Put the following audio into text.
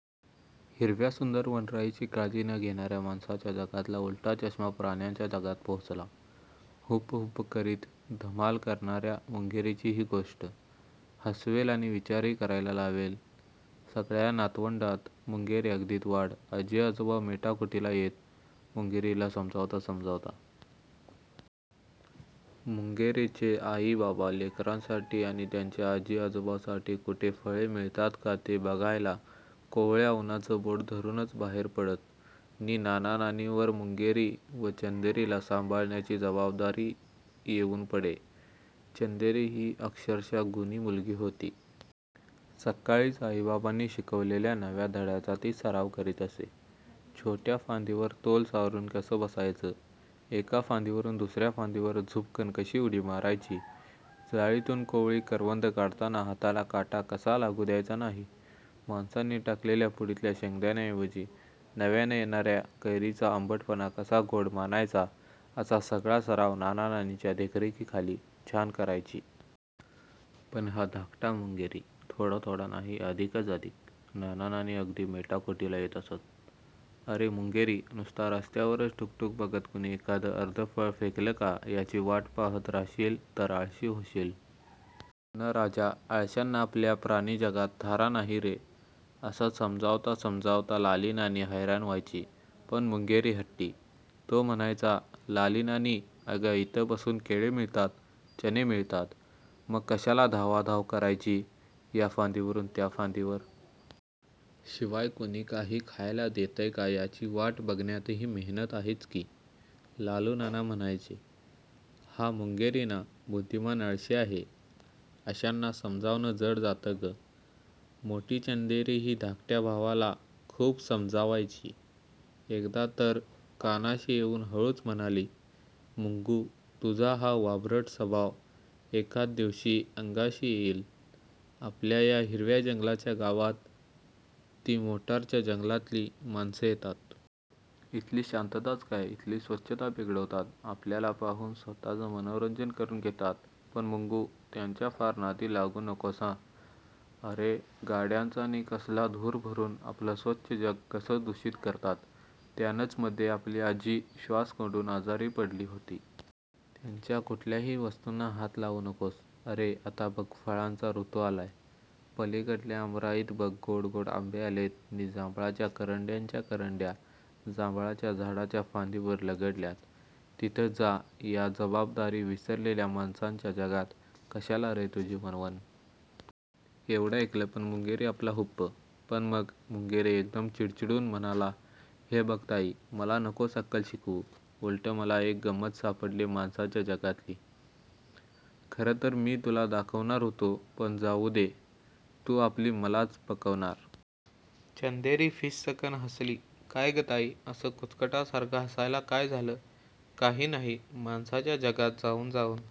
हिरव्या सुंदर वनराईची काळजी न घेणाऱ्या माणसाच्या जगातला उलटा चष्मा प्राण्यांच्या जगात पोहोचला. हुप्प हुप्प करीत धमाल करणाऱ्या मुंगेरीची ही गोष्ट. हसवेल आणि विचारही करायला लावेल- सगळ्या नातवंडात मुंगेरी अगदी द्वाड! आजी-आजोबा मेटाकुटीला येत मुंगेरीला समजावता समजावता. मुंगेरीचे आई-बाबा लेकरांसाठी आणि त्यांच्या आजी-आजोबांसाठी कुठे फळं मिळतात का ते बघायला कोवळ्या उन्हाचं बोट धरूनच बाहेर पडत नि नाना-नानींवर मुंगेरी व चंदेरीला सांभाळण्याची जबाबदारी येऊन पडे. चंदेरी ही अक्षरशः गुणी मुलगी होती. सक्काळीच आई-बाबांनी शिकवलेल्या नव्या धड्याचा ती सराव करीत असे. छोट्या फांदीवर तोल सावरून कसं बसायचं, एका फांदीवरून दुस-या फांदीवर झुपकन् उडी कशी मारायची, जाळीतून कोवळी करवंद काढताना हाताला काटा कसा लागू द्यायचा नाही; माणसांनी टाकलेल्या पुडीतल्या शेंगदाण्याऐंवजी –नव्यानं येणा-या कैरीचा आंबटपणा कसा गोड मानायचा असा सगळा सराव नाना-नानींच्या देखरेखीखाली छान करायची. पण हा धाकटा मुंगेरी- थोडा-थोडा नाही अधिकंच 'अधिक'! नाना-नानी अगदी मेटाकुटीला येत असत. 'अरे, मुंगेरी नुसता रस्त्यावरच टुक् टुक् बघत, कुणी एखादं अर्ध फळ फेकेल का, याची वाट पहात रहाशील तर आळशी होशील. न् राजा, आळशांना आपल्या प्राणी जगात थारा नाही रे! ' असं समजावता समजावता लालीनानी हैराण व्हायची. पण मुंगेरी हट्टी- तो म्हणायचा, 'लाली नानी, अगं, इथं बसून केळी मिळतात, चणे मिळतात, मग कशाला धावाधाव करायची- या फांदीवरून त्या फांदीवर? शिवाय कुणी काही खायला देतंय का याची वाट बघण्यातही मेहनत आहेच की! ' लालू नाना म्हणायचे,'हा-मुंगेरी ना, बुद्धिमान आळशी आहे, अशांना समजावणं जड जातं गं! ' मोठी चंदेरीही धाकट्या भावाला खूप समजावायची. एकदा तर कानाशी येऊन हळूच म्हणाली, 'मुंगू, तुझा हा वाभ्रट स्वभाव एखाद दिवशी अंगाशी येईल हां, आपल्या या हिरव्या जंगलाच्या गावात -ती मोटारच्या जंगलातली माणसं येतात. इथली शांतताच काय, इथली स्वच्छता बिघडवतात. आपल्याला पाहून स्वत:चं मनोरंजन करून घेतात; पण मुंगू, त्यांच्या फार नादी लागू नकोस हां- अरे गाड्यांचा नि कसला कसला धूर भरून आपलं स्वच्छ जग कसं दुषित करतात; त्यानंच मध्ये आपली आजी श्वास कोंडून आजारी पडली होती. त्यांच्या कुठल्याही वस्तूंना हात लावू नकोस; अरे, आता बघ फळांचा ऋतू आलाय; पलीकडल्या आमराईत बघ गोडगोड आंबे आलेत नि जांभळाच्या करंड्याच्या करंड्या- जांभळाच्या झाडाच्या फांदीवर लगडल्यात; तिथं जा. या जबाबदारी विसरलेल्या माणसांच्या जगात कशाला रे – तुझी वणवण-! ' एवढं ऐकलं, पण मुंगेरी आपला 'हुप्प! ' पण मग मुंगेरी एकदम चिडचिडून म्हणाला, 'हे बघ ताई, मला नकोस अक्कल शिकवू! उलट मला एक गम्मत सापडलेय्- माणसाच्या जगातली. खरं तर मी ती तुला दाखवणारं होतो; पण जाऊ दे, तू आपली मलाच 'पकवणार! ' चंदेरी फिस्सकन हसली. 'काय गं ताई, असं कुचकटासारखं हसायला काय झालं? ' 'काही नाही– माणसांच्या जगात जाऊन जाऊन